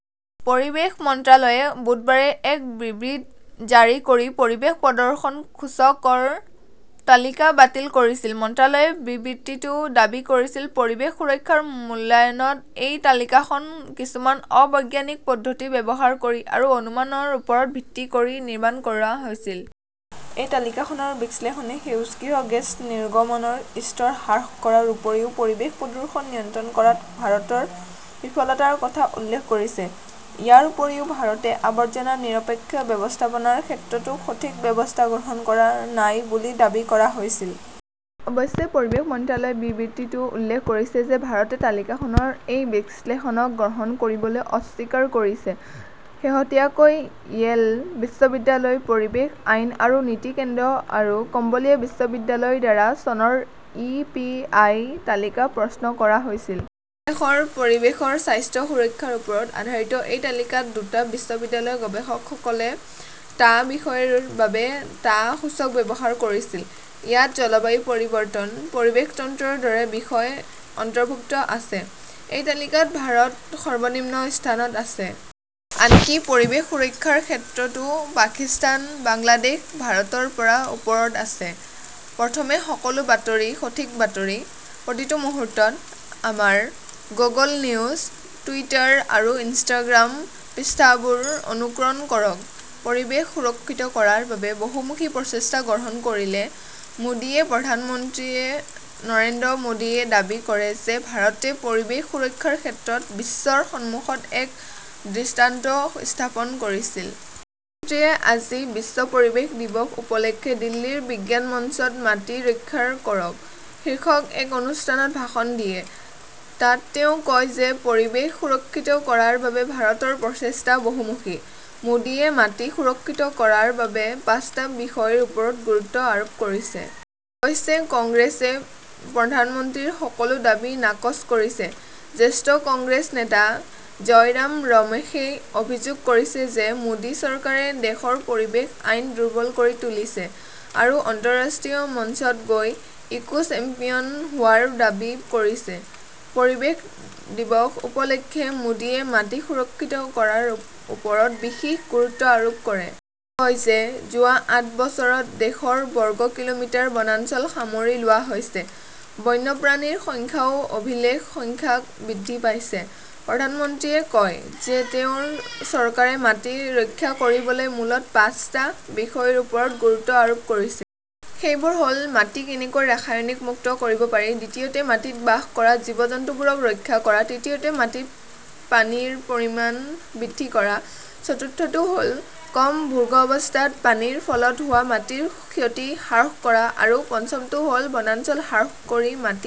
পৰিৱেশ মন্ত্ৰালয়ে বুধবাৰে এক বিবৃতি জাৰি কৰি 'পৰিৱেশ প্ৰদৰ্শন সূচক " ৰ তালিকা বাতিল কৰিছে। মন্ত্ৰালয়ে বিবৃতিটোত দাবী কৰিছিল, "পৰিৱেশ সুৰক্ষাৰ মূল্যায়নত এই তালিকাখন কিছুমান অ-বৈজ্ঞানিক পদ্ধতি ব্যৱহাৰ কৰি আৰু অনুমানৰ ওপৰত ভিত্তি কৰি নিৰ্মাণ কৰা হৈছে। " "এই তালিকাখনৰ বিশ্লেষণে সেউজগৃহ গেছ নিৰ্গমনৰ স্তৰ হ্ৰাস কৰাৰ উপৰিও পৰিৱেশ প্ৰদূষণ নিয়ন্ত্ৰণ কৰাত ভাৰতৰ বিফলতাৰ কথা উল্লেখ কৰিছে। ইয়াৰ উপৰিও, ভাৰতে আৱৰ্জনাৰ নিৰপেক্ষ ব্যৱস্থাপনাৰ ক্ষেত্ৰতো সঠিক ব্যৱস্থা গ্ৰহণ কৰা নাই বুলি দাবী কৰা হৈছিল। অৱশ্যে পৰিৱেশ মন্ত্ৰালয়ে বিবৃতিটোত উল্লেখ কৰিছে যে ভাৰতে তালিকাখনৰ এই বিশ্লেষণক গ্ৰহণ কৰিবলৈ অস্বীকাৰ কৰিছে। শেহতীয়াকৈ ইয়েল বিশ্ববিদ্যালয়ৰ পৰিৱেশ আইন আৰু নীতি কেন্দ্ৰ আৰু কলম্বিয়া বিশ্ববিদ্যালয়ৰ দ্বাৰা চনৰ ই. পি. আই. তালিকা প্ৰকাশ কৰা হৈছিল। খন দেশৰ পৰিৱেশৰ স্বাস্থ্য সুৰক্ষাৰ ওপৰত আধাৰিত এই তালিকাত দুটা বিশ্ববিদ্যালয়ৰ গৱেষকসকলে টা বিষয়ৰ বাবে টা সূচক ব্যৱহাৰ কৰিছিল। ইয়াত জলবায়ু পৰিৱৰ্তন, পৰিৱেশ তন্ত্ৰৰ দৰে বিষয় অন্তৰ্ভুক্ত আছে। এই তালিকাত ভাৰত সৰ্বনিম্ন স্থানত আছে। আনকি পৰিৱেশ সুৰক্ষাৰ ক্ষেত্ৰতো পাকিস্তান, বাংলাদেশ ভাৰতৰ পৰা ওপৰত আছে। প্ৰথমে সকলো বাতৰি, সঠিক বাতৰি, প্ৰতিটো মুহূৰ্ত। আমাৰ গুগল নিউজ, টুইটাৰ আৰু ইনষ্টাগ্ৰাম পৃষ্ঠাবোৰ অনুসৰণ কৰক। পৰিৱেশ সুৰক্ষিত কৰাৰ বাবে বহুমুখী প্ৰচেষ্টা গ্ৰহণ কৰিলে মোদীয়ে প্ৰধানমন্ত্ৰী নৰেন্দ্ৰ মোদীয়ে দাবী কৰে যে ভাৰতে পৰিৱেশ সুৰক্ষাৰ ক্ষেত্ৰত বিশ্বৰ সন্মুখত এক দৃষ্টান্ত স্থাপন কৰিছে। প্ৰধানমন্ত্ৰীয়ে আজি বিশ্ব পৰিৱেশ দিৱস উপলক্ষে দিল্লীৰ বিজ্ঞান মঞ্চত 'মাটি ৰক্ষা কৰক "শীৰ্ষক এক অনুষ্ঠানত ভাষণ দিয়ে। তাত তেওঁ কয় যে পৰিৱেশ সুৰক্ষিত কৰাৰ বাবে ভাৰতৰ প্ৰচেষ্টা বহুমুখী। মোদীয়ে মাটি সুৰক্ষিত কৰাৰ বাবে পাঁচটা বিষয়ৰ ওপৰত গুৰুত্ব আৰোপ কৰিছে। অৱশ্যে কংগ্ৰেছে প্ৰধানমন্ত্ৰীৰ সকলো দাবী নাকচ কৰিছে। জ্যেষ্ঠ কংগ্ৰেছ নেতা জয়ৰাম ৰমেশই অভিযোগ কৰিছে যে মোদী চৰকাৰে দেশৰ পৰিৱেশ আইন দুৰ্বল কৰি তুলিছে। আৰু আন্তঃৰাষ্ট্ৰীয় মঞ্চত গৈ 'ইকো-চেম্পিয়ন "হোৱাৰ দাবী কৰিছে। পৰিৱেশ দিৱস উপলক্ষে মোদীয়ে মাটি সুৰক্ষিত কৰাৰ ওপৰত বিশেষ গুৰুত্ব আৰোপ কৰে। তেওঁ কয় যে যোৱা আঠ বছৰত দেশৰ বৰ্গ কিলোমিটাৰ বনাঞ্চল সামৰি লোৱা হৈছে। বন্যপ্ৰাণীৰ সংখ্যাও অভিলেখ সংখ্যক বৃদ্ধি পাইছে। প্ৰধানমন্ত্ৰীয়ে কয় যে তেওঁৰ চৰকাৰে মাটি ৰক্ষা কৰিবলৈ মূলতঃ পাঁচটা বিষয়ৰ ওপৰত গুৰুত্ব আৰোপ কৰিছে। সেইবোৰ হ "ল-মাটি কেনেকৈ ৰাসায়নিক মুক্ত কৰিব পাৰি। দ্বিতীয়তে, মাটিত বাস কৰা জীৱ-জন্তুবোৰক ৰক্ষা কৰা। তৃতীয়তে, মাটিত পানীৰ পৰিমাণ বৃদ্ধি কৰা। চতুৰ্থটো হ "ল, কম ভূগৰ্ভস্থ পানীৰ ফলত হোৱা মাটিৰ ক্ষতি হ্ৰাস কৰা আৰু পঞ্চমটো হ" ল, বনাঞ্চল হ্ৰাস কৰি মাটি